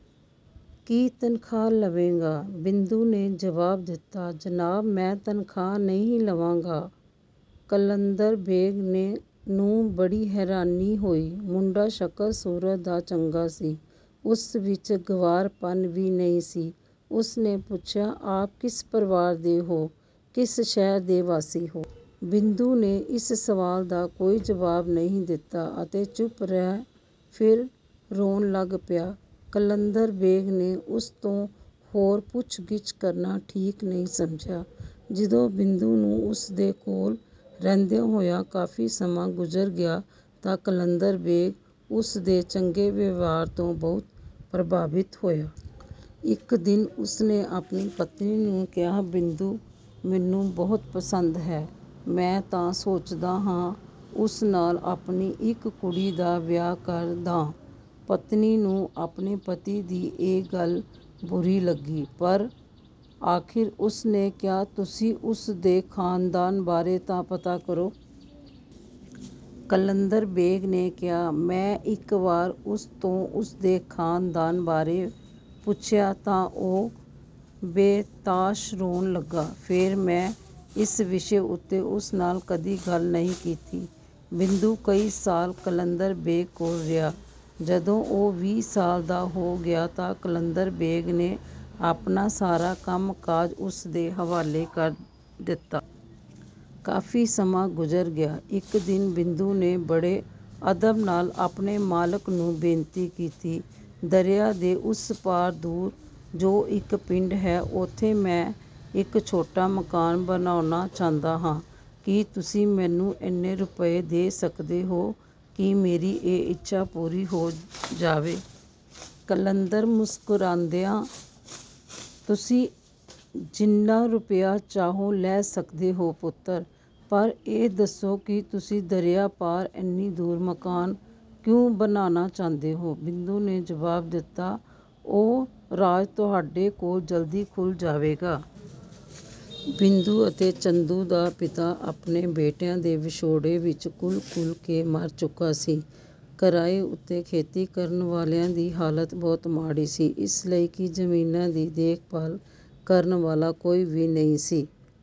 ਕੀ ਤਨਖਾਹ ਲਵੇਂਗਾ? ਬਿੰਦੂ ਨੇ ਜਵਾਬ ਦਿੱਤਾ, ਜਨਾਬ ਮੈਂ ਤਨਖਾਹ ਨਹੀਂ ਲਵਾਂਗਾ। ਕਲੰਦਰ ਬੇਗ ਨੂੰ ਬੜੀ ਹੈਰਾਨੀ ਹੋਈ। ਮੁੰਡਾ ਸ਼ਕਲ-ਸੂਰਤ ਦਾ ਚੰਗਾ ਸੀ, ਉਸ ਵਿੱਚ ਗੰਵਾਰਪਣ ਵੀ ਨਹੀਂ ਸੀ। ਉਸਨੇ ਪੁੱਛਿਆ, ਆਪ ਕਿਸ ਪਰਿਵਾਰ ਦੇ ਹੋ, ਕਿਸ ਸ਼ਹਿਰ ਦੇ ਵਾਸੀ ਹੋ? ਬਿੰਦੂ ਨੇ ਇਸ ਸਵਾਲ ਦਾ ਕੋਈ ਜਵਾਬ ਨਹੀਂ ਦਿੱਤਾ ਅਤੇ ਚੁੱਪ ਰਿਹਾ ਫਿਰ ਰੋਣ ਲੱਗ ਪਿਆ। ਕਲੰਦਰ ਬੇਗ ਨੇ ਉਸ ਤੋਂ ਹੋਰ ਪੁੱਛ-ਗਿੱਛ ਕਰਨਾ ਠੀਕ ਨਹੀਂ ਸਮਝਿਆ। ਜਦੋਂ ਬਿੰਦੂ ਨੂੰ ਉਸਦੇ ਕੋਲ ਰਹਿੰਦੇ ਹੋਏ ਕਾਫੀ ਸਮਾਂ ਗੁੁਜ਼ਰ ਗਿਆ ਤਾਂ ਕਲੰਦਰ ਬੇਗ ਉਸਦੀ ਚੰਗੇ ਵਿਵਹਾਰ ਤੋਂ ਬਹੁਤ ਪ੍ਰਭਾਵਿਤ ਹੋਇਆ। ਇੱਕ ਦਿਨ ਉਸਨੇ ਆਪਣੀ ਪਤਨੀ ਨੂੰ ਕਿਹਾ, ਬਿੰਦੂ ਮੈਨੂੰ ਬਹੁਤ ਪਸੰਦ ਹੈ। ਮੈਂ ਤਾਂ ਸੋਚਦਾ ਹਾਂ ਉਸ ਨਾਲ ਆਪਣੀ ਇੱਕ ਕੁੜੀ ਦਾ ਵਿਆਹ ਕਰ ਦਿਆਂ। ਪਤਨੀ ਨੂੰ ਆਪਣੇ ਪਤੀ ਦੀ ਇਹ ਗੱਲ ਬੁਰੀ ਲੱਗੀ ਪਰ ਆਖਰ ਉਸਨੇ ਕਿਹਾ, ਤੁਸੀਂ ਉਸਦੇ ਖਾਨਦਾਨ ਬਾਰੇ ਤਾਂ ਪਤਾ ਕਰੋ। ਕਲੰਦਰ ਬੇਗ ਨੇ ਕਿਹਾ, ਮੈਂ ਇੱਕ ਵਾਰ ਉਸ ਤੋਂ ਉਸਦੇ ਖਾਨਦਾਨ ਬਾਰੇ ਪੁੱਛਿਆ ਤਾਂ ਉਹ ਬੇਤਹਾਸ਼ਾ ਰੋਣ ਲੱਗਾ। ਫਿਰ ਮੈਂ ਇਸ ਵਿਸ਼ੇ ਉੱਤੇ ਉਸ ਨਾਲ ਕਦੇ ਗੱਲ ਨਹੀਂ ਕੀਤੀ। ਬਿੰਦੂ ਕਈ ਸਾਲ ਕਲੰਦਰ ਬੇਗ ਕੋਲ ਰਿਹਾ, ਜਦੋਂ ਉਹ ਵੀਹ ਸਾਲ ਦਾ ਹੋ ਗਿਆ ਤਾਂ ਕਲੰਦਰ ਬੇਗ ਨੇ ਆਪਣਾ ਸਾਰਾ ਕੰਮ-ਕਾਜ ਉਸਦੇ ਹਵਾਲੇ ਕਰ ਦਿੱਤਾ। ਕਾਫੀ ਸਮਾਂ ਗੁਜ਼ਰ ਗਿਆ। ਇੱਕ ਦਿਨ ਬਿੰਦੂ ਨੇ ਬੜੇ ਅਦਬ ਨਾਲ ਆਪਣੇ ਮਾਲਕ ਨੂੰ ਬੇਨਤੀ ਕੀਤੀ, ਦਰਿਆ ਦੇ ਉਸ ਪਾਰ ਦੂਰ ਜੋ ਇੱਕ ਪਿੰਡ ਹੈ, ਉੱਥੇ ਮੈਂ ਛੋਟਾ ਮਕਾਨ ਬਣਵਾਉਣਾ ਚਾਹੁੰਦਾ ਹਾਂ। ਕੀ ਤੁਸੀਂ ਮੈਨੂੰ ਇੰਨਾ ਰੁਪਿਆ ਦੇ ਸਕਦੇ ਹੋ ਕਿ ਮੇਰੀ ਇਹ ਇੱਛਾ ਪੂਰੀ ਹੋ ਜਾਵੇ। ਕਲੰਦਰ ਮੁਸਕਰਾਇਆ, ਤੁਸੀਂ ਜਿੰਨਾ ਰੁਪਿਆ ਚਾਹੋ ਲੈ ਸਕਦੇ ਹੋ ਪੁੱਤਰ, ਪਰ ਇਹ ਦੱਸੋ ਕਿ ਤੁਸੀਂ ਦਰਿਆ ਪਾਰ ਇੰਨੀ ਦੂਰ ਮਕਾਨ ਕਿਉਂ ਬਣਵਾਉਣਾ ਚਾਹੁੰਦੇ ਹੋ। ਬਿੰਦੂ ਨੇ ਜਵਾਬ ਦਿੱਤਾ, ਇਹ ਰਾਜ਼ ਤੁਹਾਡੇ ਕੋਲ ਜਲਦੀ ਖੁੱਲ੍ਹ ਜਾਵੇਗਾ। ਬਿੰਦੂ ਅਤੇ ਚੰਦੂ ਦਾ ਪਿਤਾ ਆਪਣੇ ਬੇਟਿਆਂ ਦੇ ਵਿਛੋੜੇ ਵਿੱਚ ਘੁਲ-ਘੁਲ ਕੇ ਮਰ ਚੁੱਕਿਆ ਸੀ। ਕਿਰਾਏ ਉੱਤੇ ਖੇਤੀ ਕਰਨ ਵਾਲਿਆਂ ਦੀ ਹਾਲਤ ਬਹੁਤ ਮਾੜੀ ਸੀ ਇਸ ਲਈ ਕਿ ਜ਼ਮੀਨਾਂ ਦੀ ਦੇਖ-ਭਾਲ ਕਰਨ ਵਾਲਾ ਕੋਈ ਵੀ ਨਹੀਂ ਸੀ।